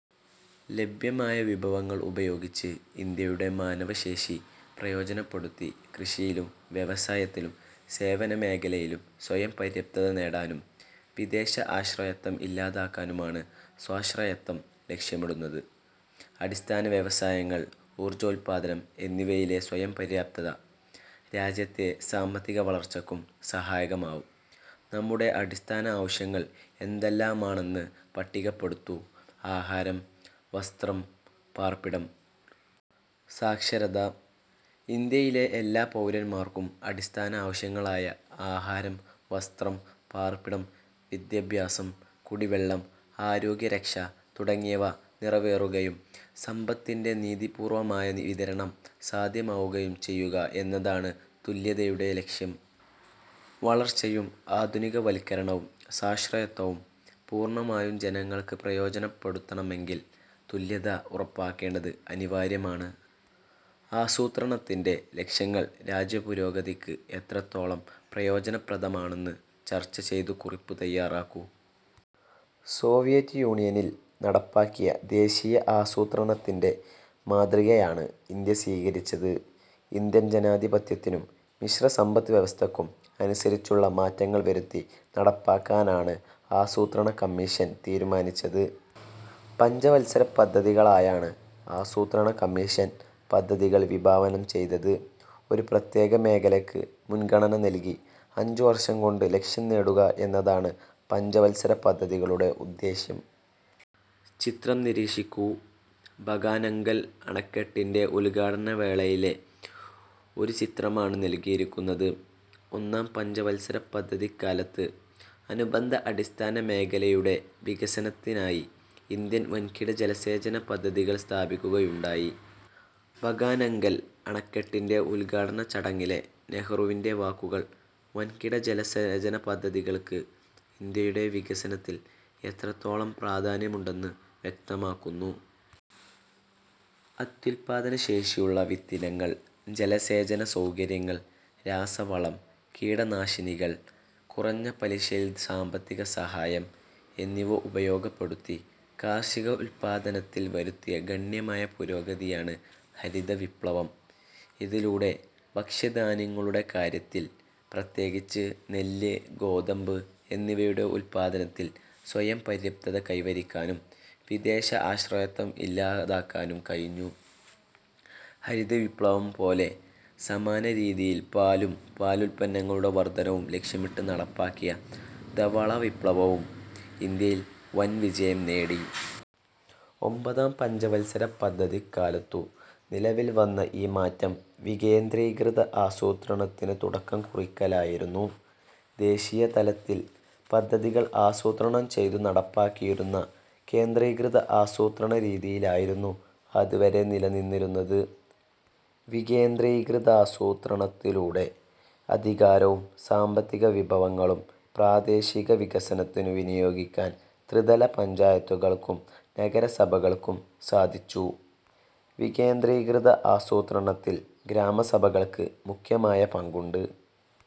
ലഭ്യമായ വിഭവങ്ങൾ ഉപയോഗിച്ച് ഇന്ത്യയുടെ മാനവശേഷി പ്രയോജനപ്പെടുത്തി കൃഷിയിലും വ്യവസായത്തിലും സേവനമേഖലയിലും സ്വയംപര്യാപ്തത നേടാനും വിദേശ ആശ്രയത്വം ഇല്ലാതാക്കാനുമാണ് സ്വാശ്രയത്വം ലക്ഷ്യമിടുന്നത്. അടിസ്ഥാന വ്യവസായങ്ങൾ, ഊർജോൽപ്പാദനം എന്നിവയിലെ സ്വയം പര്യാപ്തത രാജ്യത്തെ സാമ്പത്തികവളർച്ചയ്ക്കും സഹായകമാവും. നമ്മുടെ അടിസ്ഥാന ആവശ്യങ്ങൾ എന്തെല്ലാമാണെന്ന് പട്ടികപ്പെടുത്തു. ആഹാരം. വസ്ത്രം. പാർപ്പിടം. സാക്ഷരത. ഇന്ത്യയിലെ എല്ലാ പൗരന്മാർക്കും അടിസ്ഥാന ആവശ്യങ്ങളായ ആഹാരം, വസ്ത്രം, പാർപ്പിടം, വിദ്യാഭ്യാസം, കുടിവെള്ളം, ആരോഗ്യരക്ഷ തുടങ്ങിയവ നിറവേറുകയും സമ്പത്തിന്റെ നീതിപൂർവമായ വിതരണം സാധ്യമാവുകയും ചെയ്യുക എന്നതാണ് തുല്യതയുടെ ലക്ഷ്യം. വളർച്ചയും ആധുനികവൽക്കരണവും സ്വാശ്രയത്വവും പൂർണമായും ജനങ്ങൾക്ക് പ്രയോജനപ്പെടുത്തണമെങ്കിൽ തുല്യത ഉറപ്പാക്കേണ്ടത് അനിവാര്യമാണ്. ആസൂത്രണത്തിന്റെ ലക്ഷ്യങ്ങൾ രാജ്യപുരോഗതിക്ക് എത്രത്തോളം പ്രയോജനപ്രദമാണെന്നു ചർച്ച ചെയ്തു കുറിപ്പു തയാറാക്കൂ. സോവിയറ്റ് യൂണിയനിൽ നടപ്പാക്കിയ ദേശീയ ആസൂത്രണത്തിന്റെ മാതൃകയാണ് ഇന്ത്യ സ്വീകരിച്ചത്. ഇന്ത്യൻ ജനാധിപത്യത്തിനും മിശ്ര സമ്പദ് വ്യവസ്ഥയ്ക്കും അനുസരിച്ചുള്ള മാറ്റങ്ങൾ വരുത്തി നടപ്പാക്കാനാണ് ആസൂത്രണ കമ്മീഷൻ തീരുമാനിച്ചത്. പഞ്ചവൽസര പദ്ധതികളായാണ് ആസൂത്രണ കമ്മീഷൻ പദ്ധതികൾ വിഭാവനം ചെയ്തത്. ഒരു പ്രത്യേക മേഖലയ്ക്ക് മുൻഗണന നൽകി അഞ്ചുവർഷം കൊണ്ട് ലക്ഷ്യം നേടുക എന്നതാണ് പഞ്ചവത്സര പദ്ധതികളുടെ ഉദ്ദേശ്യം. ചിത്രം നിരീക്ഷിക്കൂ. ഭകാനംഗൽ അണക്കെട്ടിന്റെ ഉൽഘാടന വേളയിലെ ഒരു ചിത്രമാണ് നൽകിയിരിക്കുന്നത്. ഒന്നാം പഞ്ചവത്സരപദ്ധതിക്കാലത്ത് അനുബന്ധ അടിസ്ഥാന മേഖലയുടെ വികസനത്തിനായി ഇന്ത്യയിൽ വൻകിട ജലസേചന പദ്ധതികൾ സ്ഥാപിക്കുകയുണ്ടായി. ഭകാനംഗൽ അണക്കെട്ടിന്റെ ഉദ്ഘാടന ചടങ്ങിലെ നെഹ്റുവിന്റെ വാക്കുകൾ വൻകിട ജലസേചനപദ്ധതികൾക്ക് ഇന്ത്യയുടെ വികസനത്തിൽ എത്രത്തോളം പ്രാധാന്യമുണ്ടെന്ന് വ്യക്തമാക്കുന്നു. അത്യുൽപ്പാദനശേഷിയുള്ള വിത്തിനങ്ങൾ, ജലസേചനസൗകര്യങ്ങൾ, രാസവളം, കീടനാശിനികൾ, കുറഞ്ഞ പലിശയിൽ സാമ്പത്തികസഹായം എന്നിവ ഉപയോഗപ്പെടുത്തി കാർഷിക ഉൽപ്പാദനത്തിൽ വരുത്തിയ ഗണ്യമായ പുരോഗതിയാണ് ഹരിതവിപ്ലവം. ഇതിലൂടെ ഭക്ഷ്യധാന്യങ്ങളുടെ കാര്യത്തിൽ, പ്രത്യേകിച്ച് നെല്ല്, ഗോതമ്പ് എന്നിവയുടെ ഉല്പാദനത്തിൽ സ്വയംപര്യാപ്തത കൈവരിക്കാനും വിദേശ ആശയത്വം ഇല്ലാതാക്കാനും കഴിഞ്ഞു. ഹരിതവിപ്ലവം പോലെ സമാനരീതിയിൽ പാലും പാലുൽപ്പന്നങ്ങളുടെ വർധനവും ലക്ഷ്യമിട്ട് നടപ്പാക്കിയ ധവളവിപ്ലവവും ഇന്ത്യയിൽ വൻവിജയം നേടി. ഒമ്പതാം പഞ്ചവൽസരപദ്ധതിക്കാലത്തു നിലവിൽ വന്ന ഈ മാറ്റം വികേന്ദ്രീകൃത ആസൂത്രണത്തിന് തുടക്കം കുറിക്കലായിരുന്നു. ദേശീയതലത്തിൽ പദ്ധതികൾ ആസൂത്രണം ചെയ്തു നടപ്പാക്കിയിരുന്ന കേന്ദ്രീകൃത ആസൂത്രണരീതിയായിരുന്നു അതുവരെ നിലനിന്നിരുന്നത്. വികേന്ദ്രീകൃതാസൂത്രണത്തിലൂടെ, അധികാരവും സാമ്പത്തികവിഭവങ്ങളും പ്രാദേശിക വികസനത്തിനു വിനിയോഗിക്കാൻ ത്രിതല പഞ്ചായത്തുകൾക്കും നഗരസഭകൾക്കും സാധിച്ചു. വികേന്ദ്രീകൃത ആസൂത്രണത്തിൽ ഗ്രാമസഭകൾക്ക് മുഖ്യമായ പങ്കുണ്ട്.